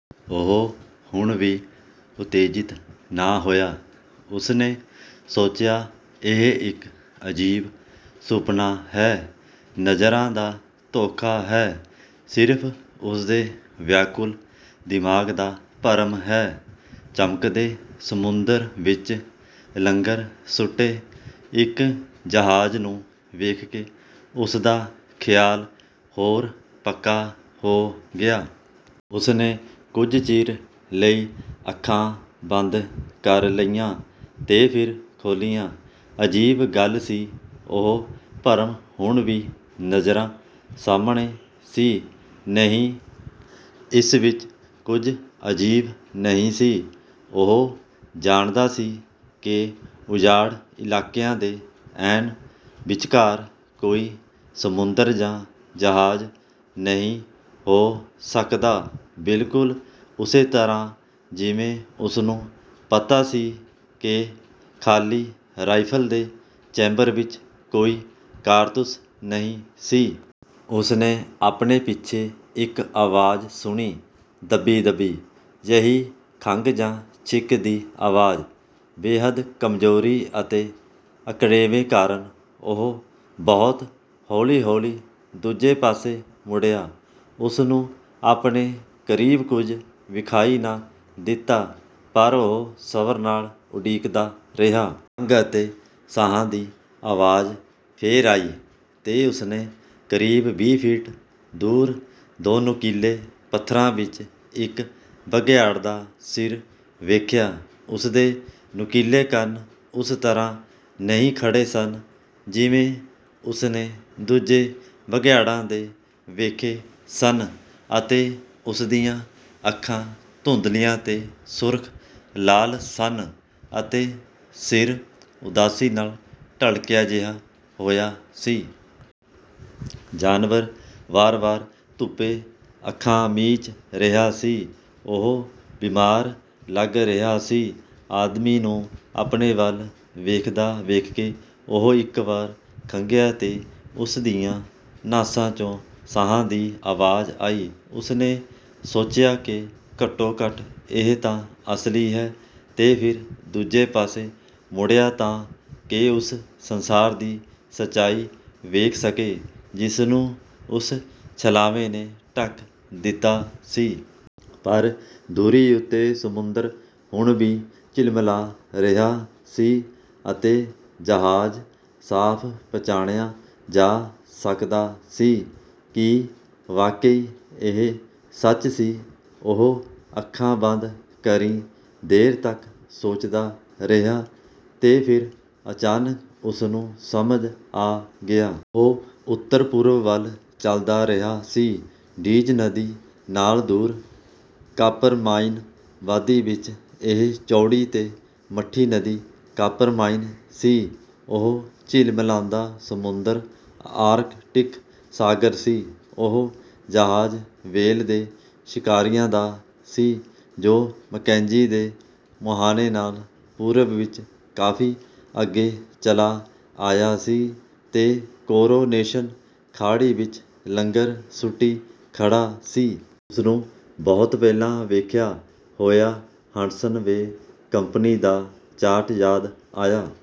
ਉਹ ਹੁਣ ਵੀ ਉਤੇਜਿਤ ਨਾ ਹੋਇਆ। ਉਸਨੇ ਸੋਚਿਆ, ਇਹ ਇੱਕ ਅਜੀਬ ਸੁਪਨਾ ਹੈ, ਨਜ਼ਰਾਂ ਦਾ ਧੋਖਾ ਹੈ। ਸਿਰਫ ਉਸਦੇ ਵਿਆਕੁਲ ਦਿਮਾਗ਼ ਦਾ ਭਰਮ ਹੈ। ਚਮਕਦੇ ਸਮੁੰਦਰ ਵਿੱਚ ਲੰਗਰ ਸੁੱਟੇ ਇੱਕ ਜਹਾਜ਼ ਨੂੰ ਵੇਖਕੇ ਉਸਦਾ ਖਿਆਲ ਹੋਰ ਪੱਕਾ ਹੋ ਗਿਆ। ਉਸਨੇ ਕੁੱਝ ਚਿਰ ਲਈ ਅੱਖਾਂ ਬੰਦ ਕਰ ਲਈਆਂ ਤੇ ਫਿਰ ਖੋਲ੍ਹੀਆਂ। ਅਜੀਬ ਗੱਲ ਸੀ! ਉਹ ਭਰਮ ਹੁਣ ਵੀ ਨਜ਼ਰਾਂ ਸਾਹਮਣੇ ਸੀ। ਨਹੀਂ, ਇਸ ਵਿੱਚ ਕੁੱਝ ਅਜੀਬ ਨਹੀਂ ਸੀ। ਉਹ ਜਾਣਦਾ ਸੀ ਕਿ ਉਜਾੜ ਇਲਾਕਿਆਂ ਦੇ ਐਨ ਵਿਚਕਾਰ ਕੋਈ ਸਮੁੰਦਰ ਜਾਂ ਜਹਾਜ਼ ਨਹੀਂ ਹੋ ਸਕਦਾ, ਬਿਲਕੁਲ ਉਸੇ ਤਰ੍ਹਾਂ ਜਿਵੇਂ ਉਸਨੂੰ ਪਤਾ ਸੀ ਕਿ ਖਾਲੀ ਰਾਇਫਲ ਦੇ ਚੈਂਬਰ ਵਿੱਚ ਕੋਈ ਕਾਰਤੂਸ ਨਹੀਂ ਸੀ। ਉਸਨੇ ਆਪਣੇ ਪਿੱਛੇ ਇੱਕ ਅਵਾਜ਼ ਸੁਣੀ – ਦੱਬੀ-ਦੱਬੀ ਜਿਹੀ ਖੰਘ ਜਾਂ ਛਿੱਕ ਦੀ ਅਵਾਜ਼। ਬੇਹੱਦ ਕਮਜ਼ੋਰੀ ਅਤੇ ਅਕੜੇਵੇਂ ਕਾਰਨ ਉਹ ਬਹੁਤ ਹੌਲ਼ੀ-ਹੌਲ਼ੀ ਦੂਜੇ ਪਾਸੇ ਮੁੜਿਆ। ਉਸਨੂੰ ਆਪਣੇ ਕਰੀਬ ਕੁੱਝ ਵਿਖਾਈ ਨਾ ਦਿੱਤਾ, ਪਰ ਉਹ ਸਬਰ ਨਾਲ਼ ਉਡੀਕਦਾ ਰਿਹਾ। ਖੰਘ ਅਤੇ ਸਾਹਾਂ ਦੀ ਅਵਾਜ਼ ਫੇਰ ਆਈ ਤੇ ਉਸਨੇ ਕਰੀਬ ਵੀਹ ਫੀਟ ਦੂਰ, ਦੋ ਨੁਕੀਲੇ ਪੱਥਰਾਂ ਵਿੱਚ ਇੱਕ ਬਘਿਆੜ ਦਾ ਸਿਰ ਵੇਖਿਆ। ਉਸਦੇ ਨੁਕੀਲੇ ਕੰਨ ਉਸ ਤਰ੍ਹਾਂ ਨਹੀਂ ਖੜੇ ਸਨ ਜਿਵੇਂ ਉਸਨੇ ਦੂਜੇ ਬਘਿਆੜਾਂ ਦੇ ਵੇਖੇ ਸਨ ਅਤੇ ਉਸਦੀਆਂ ਅੱਖਾਂ ਧੁੰਦਲ਼ੀਆਂ ਤੇ ਸੁਰਖ ਲਾਲ ਸਨ ਅਤੇ ਸਿਰ ਉਦਾਸੀ ਨਾਲ਼ ਢਲ਼ਕਿਆ ਜਿਹਾ ਹੋਇਆ ਸੀ। ਜਾਨਵਰ ਵਾਰ-ਵਾਰ ਧੁੱਪੇ ਅੱਖਾਂ ਮੀਚ ਰਿਹਾ ਸੀ। ਉਹ ਬਿਮਾਰ ਲੱਗ ਰਿਹਾ ਸੀ। ਆਦਮੀ ਨੂੰ ਆਪਣੇ ਵੱਲ ਵੇਖਦਾ ਵੇਖਕੇ ਉਹ ਇੱਕ ਵਾਰ ਖੰਘਿਆ ਤੇ ਉਸਦੀਆਂ ਨਾਸਾਂ 'ਚੋਂ ਸਾਹਾਂ ਦੀ ਅਵਾਜ਼ ਆਈ। ਉਸਨੇ ਸੋਚਿਆ ਕਿ ਘੱਟੋ-ਘੱਟ ਇਹ ਤਾਂ ਅਸਲੀ ਹੈ ਤੇ ਫਿਰ ਦੂਜੇ ਪਾਸੇ ਮੁੜਿਆ ਤਾਂ ਕਿ ਉਸ ਸੰਸਾਰ ਦੀ ਸੱਚਾਈ ਵੇਖ ਸਕੇ ਜਿਸਨੂੰ ਉਸ ਛਲਾਵੇ ਨੇ ਢਕ ਦਿੱਤਾ ਸੀ। ਪਰ ਦੂਰੀ ਉੱਤੇ ਸਮੁੰਦਰ ਹੁਣ ਵੀ ਝਿਲਮਿਲਾ ਰਿਹਾ ਸੀ ਅਤੇ ਜਹਾਜ਼ ਸਾਫ਼ ਪਛਾਣਿਆ ਜਾ ਸਕਦਾ ਸੀ। ਕੀ ਵਾਕਈ ਇਹ ਸੱਚ ਸੀ? ਉਹ ਅੱਖਾਂ ਬੰਦ ਕਰੀ ਦੇਰ ਤੱਕ ਸੋਚਦਾ ਰਿਹਾ ਤੇ ਫਿਰ ਅਚਾਨਕ ਉਸਨੂੰ ਸਮਝ ਆ ਗਿਆ। ਉਹ ਉੱਤਰ-ਪੂਰਬ ਵੱਲ ਚੱਲਦਾ ਰਿਹਾ ਸੀ, ਡੀਜ਼ ਨਦੀ ਨਾਲ਼ ਦੂਰ ਕਾਪਰਮਾਇਨ ਵਾਦੀ ਵਿੱਚ। ਇਹ ਚੌੜੀ ਤੇ ਮੱਠੀ ਨਦੀ ਕਾਪਰਮਾਇਨ ਸੀ। ਉਹ ਝਿਲਮਿਲਾਉਂਦਾ ਸਮੁੰਦਰ ਆਰਕਟਿਕ ਸਾਗਰ ਸੀ। ਉਹ ਜਹਾਜ਼ ਵੇਲ੍ਹ ਦੇ ਸ਼ਿਕਾਰੀਆਂ ਦਾ ਸੀ ਜੋ ਮੈਕੇਂਜੀ ਦੇ ਮੁਹਾਣੇ ਨਾਲ਼ ਪੂਰਬ ਵਿੱਚ ਕਾਫੀ ਅੱਗੇ ਚਲਾ ਆਇਆ ਸੀ ਤੇ ਕੋਰੋਨੇਸ਼ਨ ਖਾੜੀ ਵਿੱਚ ਲੰਗਰ ਸੁੱਟੀ ਖੜਾ ਸੀ। ਉਸਨੂੰ ਬਹੁਤ ਪਹਿਲਾਂ ਵੇਖਿਆ ਹੋਇਆ ਹਡਸਨ ਬੇ ਕੰਪਨੀ ਦਾ ਚਾਰਟ ਯਾਦ ਆਇਆ